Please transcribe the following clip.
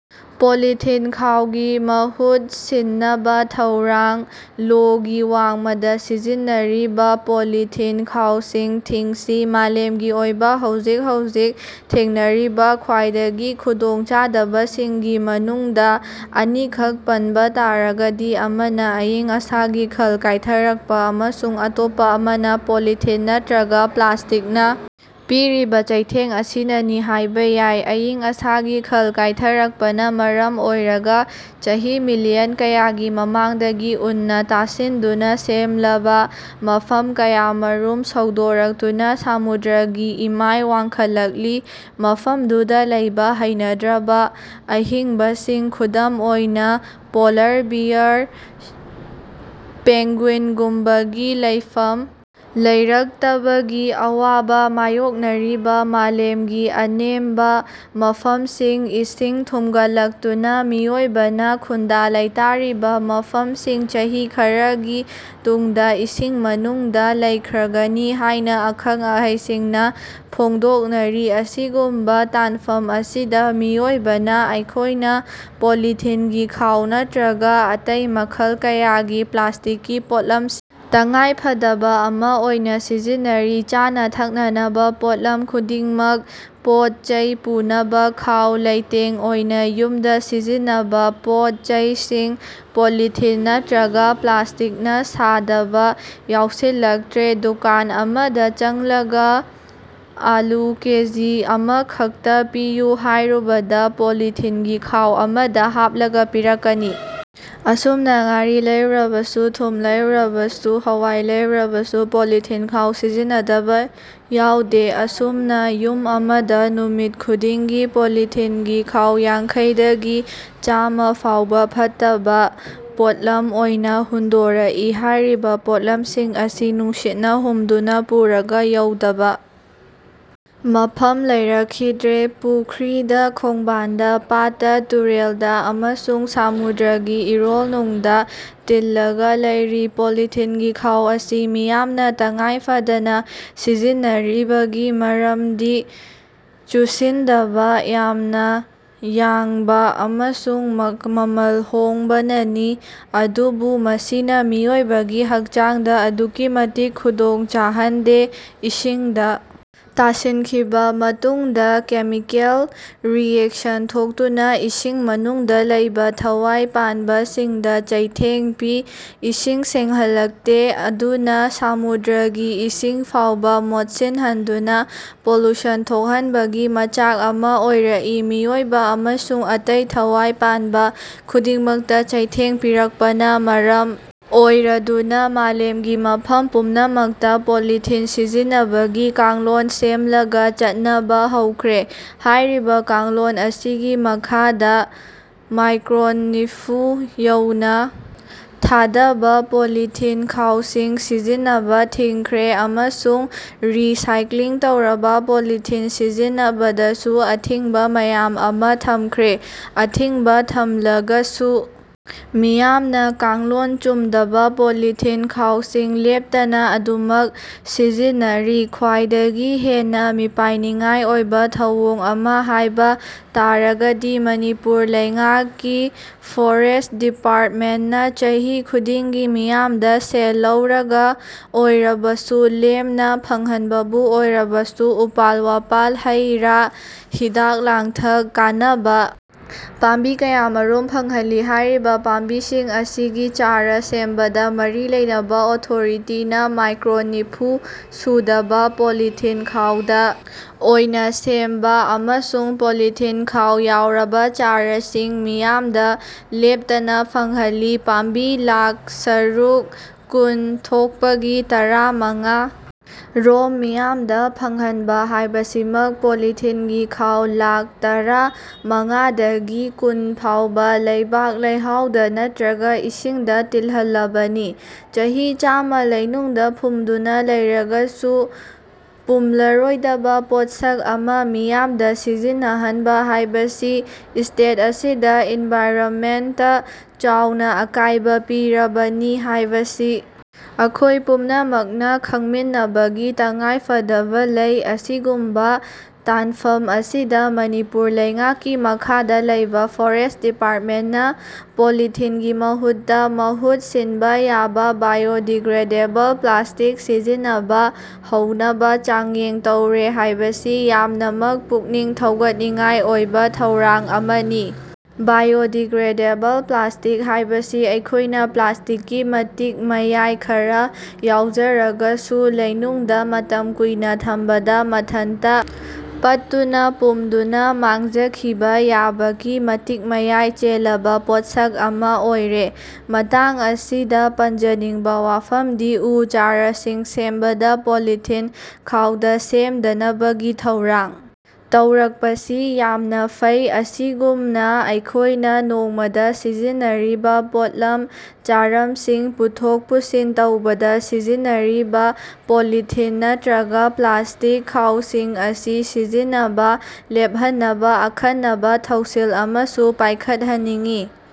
Polythene ꯈꯥꯎꯒꯤ ꯃꯍꯨꯠ ꯁꯤꯟꯅꯕ ꯊꯧꯔꯥꯡ ꯂꯣꯒꯤ ꯋꯥꯡꯃꯗ ꯁꯤꯖꯤꯟꯅꯔꯤꯕ ꯄꯣꯂꯤꯊꯤꯟ ꯈꯥꯎꯁꯤꯡ ꯊꯤꯡꯁꯤ ꯃꯥꯂꯦꯝꯒꯤ ꯑꯣꯏꯅ ꯍꯧꯖꯤꯛ ꯍꯧꯖꯤꯛ ꯊꯦꯡꯅꯔꯤꯕ ꯈ꯭ꯋꯥꯏꯗꯒꯤ ꯈꯨꯗꯣꯡꯆꯥꯗꯕꯁꯤꯡꯒꯤ ꯃꯅꯨꯡꯗ ꯑꯅꯤꯈꯛ ꯄꯟꯕ ꯇꯥꯔꯒꯗꯤ ꯑꯃꯅ ꯑꯏꯪ- ꯑꯁꯥꯒꯤ ꯈꯜ ꯀꯥꯏꯊꯔꯛꯄ ꯑꯃꯁꯨꯡ ꯑꯇꯣꯞꯄ ꯑꯃꯅ ꯄꯣꯂꯤꯊꯤꯟ ꯅꯠꯇꯔꯒ ꯄ꯭ꯂꯥꯁꯇꯤꯛꯅ ꯄꯤꯔꯤꯕ ꯆꯩꯊꯦꯡ ꯑꯁꯤꯅꯤ ꯍꯥꯏꯕ ꯌꯥꯏ꯫ ꯑꯏꯪ-ꯑꯁꯥꯒꯤ ꯈꯜ ꯀꯥꯏꯊꯔꯛꯄꯅ ꯃꯔꯝ ꯑꯣꯏꯔꯒ ꯆꯍꯤ ꯃꯤꯜꯂꯤꯌꯟ ꯀꯌꯥꯒꯤ ꯃꯃꯥꯡꯗꯒꯤ ꯎꯟꯅ ꯇꯥꯁꯤꯟꯗꯨꯅ ꯁꯦꯝꯂꯕ ꯃꯐꯝ ꯀꯌꯥꯃꯔꯨꯝ ꯁꯧꯗꯣꯔꯛꯇꯨꯅ ꯁꯃꯨꯗ꯭ꯔꯒꯤ ꯏꯃꯥꯏ ꯋꯥꯡꯈꯠꯂꯛꯂꯤ꯫ ꯃꯐꯝꯗꯨꯗ ꯂꯩꯕ ꯍꯩꯅꯗ꯭ꯔꯕ ꯑꯍꯤꯡꯕꯁꯤꯡ ꯈꯨꯗꯝ ꯑꯣꯏꯅ ꯄꯣꯜꯂꯔ ꯕꯤꯌꯥꯔ, ꯄꯦꯡꯒ꯭ꯌꯨꯏꯟꯒꯨꯝꯕꯒꯤ ꯂꯩꯐꯝ ꯂꯩꯔꯛꯇꯕꯒꯤ ꯑꯋꯥꯕ ꯃꯥꯌꯣꯛꯅꯔꯤ꯫ ꯃꯥꯂꯦꯝꯒꯤ ꯑꯅꯦꯝꯕ ꯃꯐꯝꯁꯤꯡ ꯏꯁꯤꯡ ꯊꯨꯝꯒꯠꯂꯛꯇꯨꯅ ꯃꯤꯑꯣꯏꯕꯅ ꯈꯨꯟꯗꯥ-ꯂꯩꯇꯥꯔꯤꯕ ꯃꯐꯝꯁꯤꯡ ꯆꯍꯤ ꯈꯔꯒꯤ ꯇꯨꯡꯗ ꯏꯁꯤꯡ ꯃꯅꯨꯡꯗ ꯂꯩꯈ꯭ꯔꯒꯅꯤ ꯍꯥꯏꯅ ꯑꯈꯪ-ꯑꯍꯩꯁꯤꯡꯅ ꯐꯣꯡꯗꯣꯛꯅꯔꯤ꯫ ꯑꯁꯤꯒꯨꯝꯕ ꯇꯥꯟꯐꯝ ꯑꯁꯤꯗ ꯃꯤꯑꯣꯏꯕ ꯑꯩꯈꯣꯏꯅ ꯄꯣꯂꯤꯊꯤꯟꯒꯤ ꯈꯥꯎ ꯅꯠꯇ꯭ꯔꯒ ꯑꯇꯩ ꯃꯈꯜ ꯀꯌꯥꯒꯤ ꯄ꯭ꯂꯥꯁꯇꯤꯛꯀꯤ ꯄꯣꯠꯂꯝꯁꯤꯡ ꯇꯉꯥꯏꯐꯗꯕ ꯑꯃ ꯑꯣꯏꯅ ꯁꯤꯖꯤꯟꯅꯔꯤ꯫ ꯆꯥꯅ-ꯊꯛꯅꯅꯕ ꯄꯣꯠꯂꯝ ꯈꯨꯗꯤꯡꯃꯛ, ꯄꯣꯠ-ꯆꯩ ꯄꯨꯅꯕ ꯈꯥꯎ, ꯂꯩꯇꯦꯡ ꯑꯣꯏꯅ ꯌꯨꯝꯗ ꯁꯤꯖꯤꯟꯅꯕ ꯄꯣꯠ-ꯆꯩꯁꯤꯡ ꯄꯣꯂꯤꯊꯤꯟ ꯅꯠꯇ꯭ꯔꯒ ꯄ꯭ꯂꯥꯁꯇꯤꯛꯅ ꯁꯥꯗꯕ ꯌꯥꯎꯁꯤꯜꯂꯛꯇ꯭ꯔꯦ꯫ ꯗꯨꯀꯥꯟ ꯑꯃꯗ ꯆꯪꯂꯒ ꯑꯥꯂꯨ ꯀꯦꯖꯤ ꯑꯃꯈꯛꯇ ꯄꯤꯌꯨ ꯍꯥꯏꯔꯨꯕꯗ ꯄꯣꯂꯤꯊꯤꯟꯒꯤ ꯈꯥꯎ ꯑꯃꯗ ꯍꯥꯞꯂꯒ ꯄꯤꯔꯛꯀꯅꯤ꯫ ꯑꯁꯨꯝꯅ ꯉꯥꯔꯤ ꯂꯩꯔꯨꯔꯕꯁꯨ, ꯊꯨꯝ ꯂꯩꯔꯨꯔꯕꯁꯨ, ꯍꯋꯥꯏ ꯂꯩꯔꯨꯔꯕꯁꯨ ꯄꯣꯂꯤꯊꯤꯟ ꯈꯥꯎ ꯁꯤꯖꯤꯟꯅꯗꯕ ꯌꯥꯎꯗ꯭ꯔꯦ꯫ ꯑꯁꯨꯝꯅ ꯌꯨꯝ ꯑꯃꯗ ꯅꯨꯃꯤꯠ ꯈꯨꯗꯤꯡꯒꯤ ꯄꯣꯂꯤꯊꯤꯟꯒꯤ ꯈꯥꯎ ꯌꯥꯡꯈꯩ ꯗꯒꯤ ꯆꯥꯝꯃꯥ ꯐꯥꯎꯕ ꯐꯠꯇꯕ ꯄꯣꯠꯂꯝ ꯑꯣꯏꯅ ꯍꯨꯟꯗꯣꯔꯛꯏ꯫ ꯍꯥꯏꯔꯤꯕ ꯄꯣꯠꯂꯝꯁꯤꯡ ꯑꯁꯤ ꯅꯨꯡꯁꯤꯠꯅ ꯍꯨꯝꯗꯨꯅ ꯄꯨꯔꯒ ꯌꯧꯗꯕ ꯃꯐꯝ ꯂꯩꯔꯛꯈꯤꯗ꯭ꯔꯦ꯫ ꯄꯨꯈ꯭ꯔꯤꯗ, ꯈꯣꯡꯕꯥꯟꯗ, ꯄꯥꯠꯇ, ꯇꯨꯔꯦꯜꯗ ꯑꯃꯁꯨꯡ ꯁꯃꯨꯗ꯭ꯔꯒꯤ ꯏꯔꯣꯜꯅꯨꯡꯗ ꯇꯤꯜꯂꯒ ꯂꯩꯔꯤ꯫ ꯄꯣꯂꯤꯊꯤꯟꯒꯤ ꯈꯥꯎ ꯑꯁꯤ ꯃꯤꯌꯥꯝꯅ ꯇꯉꯥꯏꯐꯗꯅ ꯁꯤꯖꯤꯟꯅꯔꯤꯕꯒꯤ ꯃꯔꯝꯗꯤ ꯆꯨꯁꯤꯟꯗꯕ, ꯌꯥꯝꯅ ꯌꯥꯡꯕ ꯑꯃꯁꯨꯡ ꯃꯃꯜ ꯍꯣꯡꯕꯅꯅꯤ꯫ ꯑꯗꯨꯕꯨ ꯃꯁꯤꯅ ꯃꯤꯑꯣꯏꯕꯒꯤ ꯍꯛꯆꯥꯡꯗ ꯑꯗꯨꯛꯀꯤ ꯃꯇꯤꯛ ꯈꯨꯗꯣꯡ ꯆꯥꯍꯟꯗꯦ꯫ ꯏꯁꯤꯡꯗ ꯇꯥꯁꯤꯟꯈꯤꯕ ꯃꯇꯨꯡꯗ ꯀꯦꯃꯤꯀꯦꯜ ꯔꯤꯌꯦꯛꯁꯟ ꯊꯣꯛꯇꯨꯅ ꯏꯁꯤꯡ ꯃꯅꯨꯡꯗ ꯂꯩꯕ ꯊꯋꯥꯏ ꯄꯥꯟꯕꯁꯤꯡꯗ ꯆꯩꯊꯦꯡ ꯄꯤ꯫ ꯏꯁꯤꯡ ꯁꯦꯡꯍꯜꯂꯛꯇꯦ꯫ ꯑꯗꯨꯝꯅ ꯁꯃꯨꯗ꯭ꯔꯒꯤ ꯏꯁꯤꯡ ꯐꯥꯎꯕ ꯃꯣꯠꯁꯤꯟꯍꯟꯗꯨꯅ ꯄꯣꯂꯨꯁꯟ ꯊꯣꯛꯍꯟꯕꯒꯤ ꯃꯆꯥꯛ ꯑꯃ ꯑꯣꯏꯔꯛꯏ꯫ ꯃꯤꯑꯣꯏꯕ ꯑꯃꯁꯨꯡ ꯑꯇꯩ ꯊꯋꯥꯏ ꯄꯥꯟꯕ ꯈꯨꯗꯤꯡꯃꯛꯇ ꯆꯩꯊꯦꯡ ꯄꯤꯔꯛꯄꯅ ꯃꯔꯝ ꯑꯣꯏꯔꯗꯨꯅ ꯃꯥꯂꯦꯝꯒꯤ ꯃꯐꯝ ꯄꯨꯝꯅꯃꯛꯇ ꯄꯣꯂꯤꯊꯤꯟ ꯁꯤꯖꯤꯟꯅꯕꯒꯤ ꯀꯥꯡꯂꯣꯟ ꯁꯦꯝꯂꯒ ꯆꯠꯅꯕ ꯍꯧꯈ꯭ꯔꯦ꯫ ꯍꯥꯏꯔꯤꯕ ꯀꯥꯡꯂꯣꯟ ꯑꯁꯤꯒꯤ ꯃꯈꯥꯗ ꯃꯥꯏꯀ꯭ꯔꯣꯟ ꯅꯤꯐꯨ ꯌꯧꯅ ꯊꯥꯗꯕ ꯄꯣꯂꯤꯊꯤꯟ ꯈꯥꯎꯁꯤꯡ ꯁꯤꯖꯤꯟꯅꯕ ꯊꯤꯡꯈ꯭ꯔꯦ ꯑꯃꯁꯨꯡ ꯔꯤ-ꯁꯥꯏꯀ꯭ꯂꯤꯡ ꯇꯧꯔꯕ ꯄꯣꯂꯤꯊꯤꯟ ꯁꯤꯖꯤꯟꯅꯕꯗꯁꯨ ꯑꯊꯤꯡꯕ ꯃꯌꯥꯝ ꯑꯃ ꯊꯝꯈ꯭ꯔꯦ꯫ ꯑꯊꯤꯡꯕ ꯊꯝꯂꯒꯁꯨ ꯃꯤꯌꯥꯝꯅ ꯀꯥꯡꯂꯣꯟ ꯆꯨꯝꯗꯕ ꯄꯣꯂꯤꯊꯤꯟ ꯈꯥꯎꯁꯤꯡ ꯂꯦꯞꯇꯅ ꯑꯗꯨꯝꯃꯛ ꯁꯤꯖꯤꯟꯅꯔꯤ꯫ ꯈ꯭ꯋꯥꯏꯗꯒꯤ ꯍꯦꯟꯅ ꯃꯤꯄꯥꯏꯅꯤꯡꯉꯥꯏ ꯑꯣꯏꯕ ꯊꯧꯑꯣꯡ ꯑꯃ ꯍꯥꯏꯕ ꯇꯥꯔꯒꯗꯤ ꯃꯅꯤꯄꯨꯔ ꯂꯩꯉꯥꯛꯀꯤ ꯐꯣꯔꯦꯁꯠ ꯗꯤꯄꯥꯔꯠꯃꯦꯟꯠꯅ ꯆꯍꯤ ꯈꯨꯗꯤꯡꯒꯤ ꯃꯤꯌꯥꯝꯗ ꯁꯦꯜ ꯂꯧꯔꯒꯕꯨ ꯑꯣꯏꯔꯕꯁꯨ, ꯂꯦꯝꯅ ꯐꯪꯍꯟꯕꯕꯨ ꯑꯣꯏꯔꯕꯁꯨ ꯎꯄꯥꯜ-ꯋꯥꯄꯥꯜ, ꯍꯩ-ꯔꯥ, ꯍꯤꯗꯥꯛ-ꯂꯥꯡꯊꯛ ꯀꯥꯟꯅꯕ ꯄꯥꯝꯕꯤ ꯀꯌꯥꯃꯔꯨꯝ ꯐꯪꯍꯜꯂꯤ꯫ ꯍꯥꯏꯔꯤꯕ ꯄꯥꯝꯕꯤꯁꯤꯡ ꯑꯁꯤꯒꯤ ꯆꯥꯔꯥ ꯁꯦꯝꯕꯗ ꯃꯔꯤ ꯂꯩꯅꯕ ꯑꯣꯊꯣꯔꯤꯇꯤꯅ ꯃꯥꯏꯀ꯭ꯔꯣꯟ ꯅꯤꯐꯨ ꯁꯨꯗꯕ ꯄꯣꯂꯤꯊꯤꯟ ꯈꯥꯎꯗ ꯑꯣꯏꯅ ꯁꯦꯝꯕ ꯑꯃꯁꯨꯡ ꯄꯣꯂꯤꯊꯤꯟ ꯈꯥꯎ ꯌꯥꯎꯔꯕ ꯆꯥꯔꯥꯁꯤꯡ ꯃꯤꯌꯥꯝꯗ ꯂꯦꯞꯇꯅ ꯐꯪꯍꯜꯂꯤ꯫ ꯄꯥꯝꯕꯤ ꯂꯥꯈ ꯁꯔꯨꯛ ꯀꯨꯟ ꯊꯣꯛꯄꯒꯤ ꯇꯔꯥ ꯃꯉꯥ ꯔꯣꯝ ꯃꯤꯌꯥꯝꯗ ꯐꯪꯍꯟꯕ ꯍꯥꯏꯕꯁꯤꯃꯛ ꯄꯣꯂꯤꯊꯤꯟꯒꯤ ꯈꯥꯎ ꯂꯥꯈ ꯇꯔꯥ ꯃꯉꯥꯗꯒꯤꯅ ꯀꯨꯟ ꯐꯥꯎꯕ ꯂꯩꯕꯥꯛ-ꯂꯩꯍꯥꯎꯗ ꯅꯠꯇ꯭ꯔꯒ ꯏꯁꯤꯡꯗ ꯇꯤꯟꯍꯜꯂꯕꯅꯤ꯫ ꯆꯍꯤ ꯆꯥꯝꯃ ꯂꯩꯅꯨꯡꯗ ꯐꯨꯝꯗꯨꯅ ꯂꯩꯔꯒꯁꯨ ꯄꯨꯝꯂꯔꯣꯏꯗꯕ ꯄꯣꯠꯁꯛ ꯑꯃ ꯃꯤꯌꯥꯝꯗ ꯁꯤꯖꯤꯟꯅꯍꯟꯕ ꯍꯥꯏꯕꯁꯤ ꯁ꯭ꯇꯦꯠ ꯑꯁꯤꯗ ꯏꯟꯚꯥꯏꯔꯣꯟꯃꯦꯟꯠꯇ ꯆꯥꯎꯅ ꯑꯀꯥꯏꯕ ꯄꯤꯔꯕꯅꯤ ꯍꯥꯏꯕꯁꯤ ꯑꯩꯈꯣꯏ ꯄꯨꯝꯅꯃꯛꯅ ꯈꯪꯃꯤꯟꯅꯕꯒꯤ ꯇꯉꯥꯏꯐꯗꯕ ꯂꯩ꯫ ꯑꯁꯤꯒꯨꯝꯕ ꯇꯥꯟꯐꯝ ꯑꯁꯤꯗ ꯃꯅꯤꯄꯨꯔ ꯂꯩꯉꯥꯛꯀꯤ ꯃꯈꯥꯗ ꯂꯩꯕ ꯐꯣꯔꯦꯁꯠ ꯗꯤꯄꯥꯔꯠꯃꯦꯟꯠꯅ ꯄꯣꯂꯤꯊꯤꯟꯒꯤ ꯃꯍꯨꯠꯇ ꯃꯍꯨꯠ ꯁꯤꯟꯕ ꯌꯥꯕ ꯕꯥꯏꯑꯣ ꯗꯤꯒ꯭ꯔꯦꯗꯦꯕꯜ ꯄ꯭ꯂꯥꯁꯇꯤꯛ ꯁꯤꯖꯤꯟꯅꯕ ꯍꯧꯅꯕ ꯆꯥꯡꯌꯦꯡ ꯇꯧꯔꯦ ꯍꯥꯏꯕꯁꯤ ꯌꯥꯝꯅꯃꯛ ꯄꯨꯛꯅꯤꯡ ꯊꯧꯒꯠꯅꯤꯡꯉꯥꯏ ꯑꯣꯏꯕ ꯊꯧꯔꯥꯡ ꯑꯃꯅꯤ꯫ ꯕꯥꯏꯑꯣ ꯗꯤꯒ꯭ꯔꯦꯗꯦꯕꯜ ꯄ꯭ꯂꯥꯁꯇꯤꯛ ꯍꯥꯏꯕꯁꯤ ꯑꯩꯈꯣꯏꯅ ꯄ꯭ꯂꯥꯁꯇꯤꯛꯀꯤ ꯃꯇꯤꯛ-ꯃꯌꯥꯏ ꯈꯔ ꯌꯥꯎꯖꯔꯒꯁꯨ ꯂꯩꯅꯨꯡꯗ ꯃꯇꯝ ꯀꯨꯏꯅ ꯊꯝꯕꯗ ꯃꯊꯟꯇ ꯄꯠꯇꯨꯅ-ꯄꯨꯝꯗꯨꯅ ꯃꯥꯡꯖꯈꯤꯕ ꯌꯥꯕꯒꯤ ꯃꯇꯤꯛ-ꯃꯌꯥꯏ ꯆꯦꯜꯂꯕ ꯄꯣꯠꯁꯛ ꯑꯃ ꯑꯣꯏꯔꯦ꯫ ꯃꯇꯥꯡ ꯑꯁꯤꯗ ꯄꯟꯖꯅꯤꯡꯕ ꯋꯥꯐꯝꯗꯤ ꯎ ꯆꯥꯔꯥꯁꯤꯡ ꯁꯦꯝꯕꯗ ꯄꯣꯂꯤꯊꯤꯟ ꯈꯥꯎꯗ ꯁꯦꯝꯗꯅꯕꯒꯤ ꯊꯧꯔꯥꯡ ꯇꯧꯔꯛꯄꯁꯤ ꯌꯥꯝꯅ ꯐꯩ꯫ ꯑꯁꯤꯒꯨꯝꯅ ꯑꯩꯈꯣꯏꯅ ꯅꯣꯡꯃꯗ ꯁꯤꯖꯤꯟꯅꯔꯤꯕ ꯄꯣꯠꯂꯝ ꯆꯥꯔꯝꯁꯤꯡ ꯄꯨꯊꯣꯛ-ꯄꯨꯁꯤꯟ ꯇꯧꯕꯗ ꯁꯤꯖꯤꯟꯅꯔꯤꯕ ꯄꯣꯂꯤꯊꯤꯟ ꯅꯠꯇꯔꯒ ꯄ꯭ꯂꯥꯁꯇꯤꯛ ꯈꯥꯎꯁꯤꯡ ꯑꯁꯤ ꯁꯤꯖꯤꯟꯅꯕ ꯂꯦꯞꯍꯟꯅꯕ ꯑꯈꯟꯅꯕ ꯊꯧꯁꯤꯜ ꯑꯃꯁꯨ ꯄꯥꯏꯈꯠꯍꯟꯅꯤꯡꯏ꯫